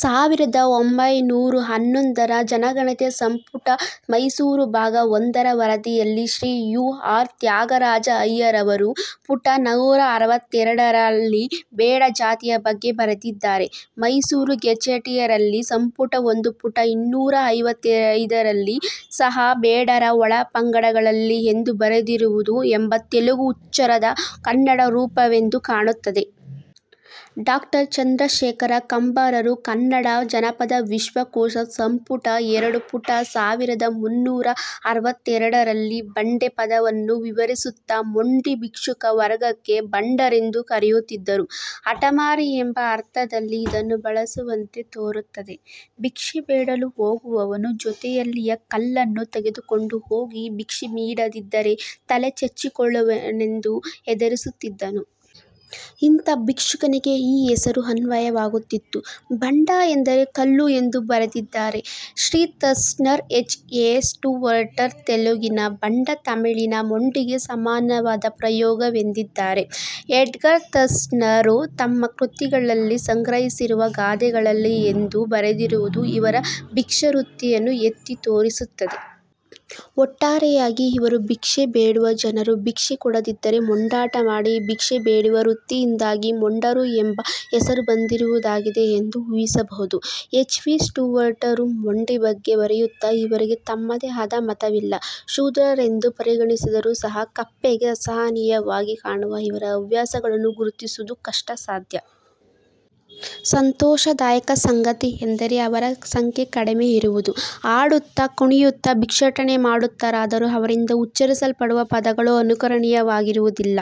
ಸಾವಿರದ ಒಂಭೈನೂರ ಹನ್ನೊಂದರ ಜನಗಣತಿಯ ಸಂಪುಟ ಮೈಸೂರು ಭಾಗ ಒಂದರ ವರದಿಯಲ್ಲಿ ಶ್ರೀ ಯು. ಆರ್. ತ್ಯಾಗರಾಜ ಅಯ್ಯರ್ರವರು ಪುಟ ನೂರ ಅರವತ್ತೆರಡರಲ್ಲಿ ಬೇಡ ಜಾತಿಯ ಬಗ್ಗೆ ಬರೆದಿದ್ದಾರೆ. ಮೈಸೂರು ಗೆಜೆಟಿಯರಲ್ಲಿ ಸಂಪುಟ ಒಂದು ಪುಟ ಇನ್ನೂರ ಐವತ್ತೈದರಲ್ಲಿ ಸಹ ಬೇಡರ ಒಳಪಂಗಡಗಳಲ್ಲಿ ಎಂದು ಬರೆದಿರುವುದು ಎಂಬ ತೆಲುಗು ಉಚ್ಚಾರದ ಕನ್ನಡ ರೂಪವೆಂದು ಕಾಣುತ್ತದೆ. ಡಾಕ್ಟರ್ ಚಂದ್ರಶೇಖರ ಕಂಬಾರರು ಕನ್ನಡ ಜಾನಪದ ವಿಶ್ವಕೋಶ, ಸಂಪುಟ ಎರಡು ಪುಟ ಸಾವಿರದ ಮುನ್ನೂರ ಅರವತ್ತೆರಡರಲ್ಲಿ ಬಂಡೆ ಪದವನ್ನು ವಿವರಿಸುತ್ತಾ ಮೊಂಡಿ ಭಿಕ್ಷುಕ ವರ್ಗಕ್ಕೆ ಬಂಡರೆಂದು ಕರೆಯುತ್ತಿದ್ದರು. ಹಟಮಾರಿ ಎಂಬ ಅರ್ಥದಲ್ಲಿ ಇದನ್ನು ಬಳಸುವಂತೆ ತೋರುತ್ತದೆ. ಭಿಕ್ಷೆ ಬೇಡಲು ಹೋಗುವವನು ಜೊತೆಯಲ್ಲಿಯ ಕಲ್ಲನ್ನು ತೆಗೆದುಕೊಂಡು ಹೋಗಿ ಭಿಕ್ಷೆ ನೀಡದಿದ್ದರೆ ತಲೆ ಚಚ್ಚಿಕೊಳ್ಳುವೆನೆಂದು ಹೆದರಿಸುತ್ತಿದ್ದನು. ಇಂಥ ಭಿಕ್ಷುಕನಿಗೆ ಈ ಹೆಸರು ಅನ್ವಯವಾಗುತ್ತಿತ್ತು. ಬಂಡ ಎಂದರೆ ಕಲ್ಲು ಎಂದು ಬರೆದಿದ್ದಾರೆ. Shri Thurston, H. ಎ. ಸ್ಟೂವರ್ಟರು ತೆಲುಗಿನ ಬಂಡ ತಮಿಳಿನ ಮೊಂಡಿಗೆ ಸಮಾನವಾದ ಪ್ರಯೋಗ ವೆಂದಿದ್ದಾರೆ. ಎಡ್ಗರ್ ಥರ್ಸ್ಟ್ನರು ತಮ್ಮ ಕೃತಿಗಳಲ್ಲಿ ಸಂಗ್ರಹಿಸಿರುವ ಗಾದೆಗಳಲ್ಲಿ ಎಂದು ಬರೆದಿರುವುದು ಇವರ ಭಿಕ್ಷಾವೃತ್ತಿಯನ್ನು ಎತ್ತಿ ತೋರಿಸುತ್ತದೆ. ಒಟ್ಟಾರೆಯಾಗಿ ಇವರು ಭಿಕ್ಷೆ ಬೇಡುವ ಜನರು ಭಿಕ್ಷೆ ಕೊಡದಿದ್ದರೆ ಮೊಂಡಾಟ ಮಾಡಿ ಭಿಕ್ಷೆ ಬೇಡುವ ವೃತ್ತಿಯಿಂದಾಗಿ ಮೊಂಡರು ಎಂಬ ಹೆಸರು ಬಂದಿರುವುದಾಗಿದೆ ಎಂದು ಊಹಿಸಬಹುದು. ಹೆಚ್. ವಿ. ಸ್ಟೂವರ್ಟ್ ರು ಮೊಂಡಿ / ಬಂಡರ ಬಗ್ಗೆ ಬರೆಯುತ್ತಾ "ಇವರಿಗೆ ತಮ್ಮದೇ ಆದ ಮತವಿಲ್ಲ. ಶೂದ್ರರೆಂದು ಪರಿಗಣಿಸಿದರೂ ಸಹ ಕಪ್ಪಗೆ ಅಸಹನೀಯವಾಗಿ ಕಾಣುವ ಇವರ ಹವ್ಯಾಸಗಳನ್ನು ಗುರುತಿಸುವುದು ಕಷ್ಟ ಸಾಧ್ಯ. ಸಂತೋಷದಾಯಕ ಸಂಗತಿಯೆಂದರೆ ಅವರ ಸಂಖ್ಯೆ ಕಡಿಮೆ ಇರುವುದು. ಹಾಡುತ್ತಾ ಕುಣಿಯುತ್ತಾ ಭಿಕ್ಷಾಟನೆ ಮಾಡುತ್ತಾರಾದರೂ ಅವರಿಂದ ಉಚ್ಚರಿಸಲ್ಪಡುವ ಪದಗಳು ಅನುಕರಣೀಯವಾಗಿ ರುವುದಿಲ್ಲ.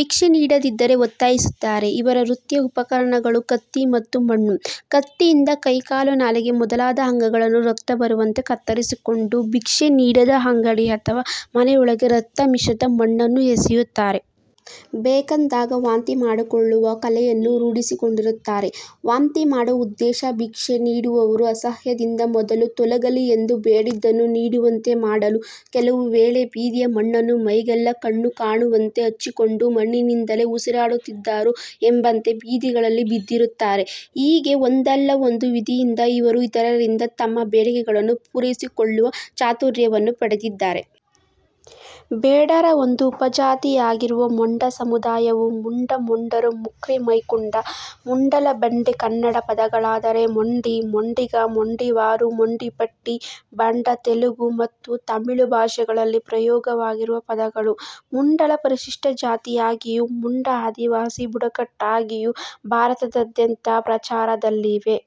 ಭಿಕ್ಷೆ ನೀಡದಿದ್ದರೆ ಒತ್ತಾಯಿಸುತ್ತಾರೆ. ಇವರ ವೃತ್ತಿಯ ಉಪಕರಣಗಳು ಕತ್ತಿ ಮತ್ತು ಮಣ್ಣು. ಕತ್ತಿಯಿಂದ ಕೈ ಕಾಲು ನಾಲಿಗೆ ಮೊದಲಾದ ಅಂಗಗಳನ್ನು ರಕ್ತ ಬರುವಂತೆ ಕತ್ತರಿಸಿಕೊಂಡು, ಭಿಕ್ಷೆ ನೀಡದ ಅಂಗಡಿ ಅಥವಾ ಮನೆಯೊಳಕ್ಕೆ ರಕ್ತಮಿಶ್ರಿತ ಮಣ್ಣನ್ನು ಎಸೆಯುತ್ತಾರೆ. ಬೇಕೆಂದಾಗ ವಾಂತಿ ಮಾಡಿಕೊಳ್ಳುವ ಕಲೆಯನ್ನು ರೂಢಿಸಿಕೊಂಡಿರುತ್ತಾರೆ. ವಾಂತಿ ಮಾಡುವ ಉದ್ದೇಶ ಭಿಕ್ಷೆ ನೀಡುವವರು ಅಸಹ್ಯದಿಂದ ಮೊದಲು ತೊಲಗಲಿ ಎಂದು ಬೇಡಿದ್ದನ್ನು ನೀಡುವಂತೆ ಮಾಡಲು ಕೆಲವು ವೇಳೆ ಬೀದಿಯ ಮಣ್ಣನ್ನು ಮೈಗೆಲ್ಲಾ ಕಣ್ಣು ಕಾಣುವಂತೆ ಹಚ್ಚಿಕೊಂಡು ಮಣ್ಣಿನಿಂದಲೇ ಉಸಿರಾಡುತ್ತಿದ್ದಾರೋ ಎಂಬಂತೆ ಬೀದಿ ಗಳಲ್ಲಿ ಬಿದ್ದಿರುತ್ತಾರೆ. ಹೀಗೆ ಒಂದಲ್ಲ ಒಂದು ವಿಧಿಯಿಂದ ಇವರು ಇತರರಿಂದ ತಮ್ಮ ಬೇಡಿಕೆಗಳನ್ನು ಪೂರೈಸಿಕೊಳ್ಳುವ ಚಾತುರ್ಯವನ್ನು ಪಡೆದಿದ್ದಾರೆ". ಬೇಡರ ಒಂದು ಉಪಜಾತಿಯಾಗಿರುವ ಮೊಂಡ ಸಮುದಾಯವು ಮುಂಡ ಮೊಂಡರು ಮುಕ್ರಿ ಮೈಕುಂಡ, ಮುಂಡಲ ಬಂಡೆ ಕನ್ನಡ ಪದಗಳಾದರೆ ಮೊಂಡಿ, ಮೊಂಡಿಗ, ಮೊಂಡಿವಾರು, ಮೊಂಡಿಪಟ್ಟಿ, ಬಂಡ ತೆಲುಗು ಮತ್ತು ತಮಿಳು ಭಾಷೆಗಳಲ್ಲಿ ಪ್ರಯೋಗ ವಾಗಿರುವ ಪದಗಳು. ಮುಂಡಲ ಪರಿಶಿಷ್ಟ ಜಾತಿಯಾಗಿಯೂ ಮುಂಡ ಆದಿವಾಸಿ ಬುಡಕಟ್ಟಾಗಿಯೂ ಭಾರತದಾದ್ಯಂತ ಪ್ರಚಾರದಲ್ಲಿವೆ.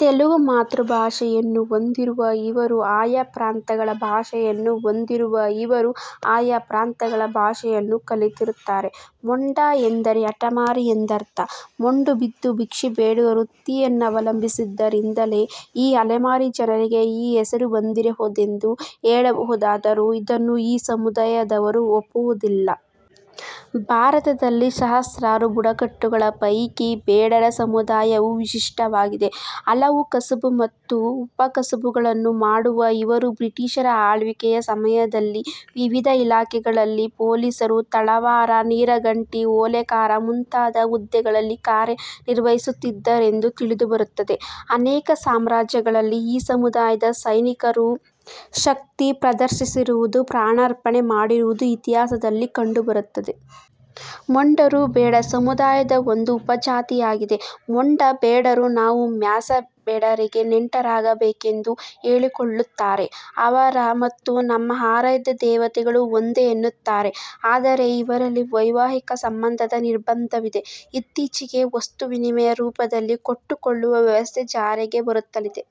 ತೆಲುಗು ಮಾತೃಭಾಷೆಯನ್ನು ಹೊಂದಿ ರುವ ಇವರು ಆಯಾ ಪ್ರಾಂತಗಳ ಭಾಷೆಯನ್ನು ಹೊಂದಿರುವ ಇವರು ಆಯಾ ಪ್ರಾಂತಗಳ ಭಾಷೆಯನ್ನು ಕಲಿತಿರುತ್ತಾರೆ. ಮೊಂಡ ಎಂದರೆ ಹಠಮಾರಿ ಎಂದರ್ಥ. ಮೊಂಡು ಬಿದ್ದು ಭಿಕ್ಷೆ ಬೇಡುವ ವೃತ್ತಿಯನ್ನವಲಂಬಿಸಿದ್ದರಿಂದಲೇ ಈ ಅಲೆಮಾರಿ ಜನರಿಗೆ ಈ ಹೆಸರು ಬಂದಿರಬಹುದೆಂದು ಹೇಳಬಹುದಾದರೂ ಇದನ್ನು ಈ ಸಮುದಾಯದವರು ಒಪ್ಪುವುದಿಲ್ಲ. ಭಾರತದಲ್ಲಿ ಸಹಸ್ರಾರು ಬುಡಕಟ್ಟುಗಳ ಪೈಕಿ ಬೇಡರ ಸಮುದಾಯವು ವಿಶಿಷ್ಟವಾಗಿದೆ. ಹಲವು ಕಸುಬು ಮತ್ತು ಉಪ ಕಸುಬುಗಳನ್ನು ಮಾಡುವ ಇವರು ಬ್ರಿಟಿಷರ ಆಳ್ವಿಕೆಯ ಸಮಯದಲ್ಲಿ ವಿವಿಧ ಇಲಾಖೆಗಳಲ್ಲಿ ಪೋಲಿಸರು, ತಳವಾರ, ನೀರಗಂಟಿ, ಓಲೆಕಾರ ಮುಂತಾದ ಹುದ್ದೆಗಳಲ್ಲಿ ಕಾರ್ಯ ನಿರ್ವಹಿಸುತ್ತಿದ್ದರೆಂದು ತಿಳಿದು ಬರುತ್ತದೆ. ಅನೇಕ ಸಾಮ್ರಾಜ್ಯಗಳಲ್ಲಿ ಈ ಸಮುದಾಯದ ಸೈನಿಕರು ಶಕ್ತಿ ಪ್ರದರ್ಶಿಸಿರುವುದು ಪ್ರಾಣಾರ್ಪಣೆ ಮಾಡಿರುವುದು ಇತಿಹಾಸದಲ್ಲಿ ಕಂಡು ಬರುತ್ತದೆ. ಮೊಂಡರು ಬೇಡ ಸಮುದಾಯದ ಒಂದು ಉಪಜಾತಿಯಾಗಿದೆ. ಮೊಂಡ ಬೇಡರು ನಾವು ಮ್ಯಾಸಬೇಡರಿಗೆ ನೆಂಟರಾಗಬೇಕೆಂದು ಹೇಳಿಕೊಳ್ಳುತ್ತಾರೆ. ಅವರ ಮತ್ತು ನಮ್ಮ ಆರಾಧ್ಯ ದೇವತೆಗಳು ಒಂದೇ ಎನ್ನುತ್ತಾರೆ. ಆದರೆ ಇವರಲ್ಲಿ ವೈವಾಹಿಕ ಸಂಬಂಧದ ನಿರ್ಬಂಧವಿದೆ. ಇತ್ತೀಚೆಗೆ ವಸ್ತು ವಿನಿಮಯ ರೂಪದಲ್ಲಿ ಕೊಟ್ಟುಕೊಳ್ಳುವ ವ್ಯವಸ್ಥೆ ಜಾರಿಗೆ ಬರುತ್ತಲಿದೆ.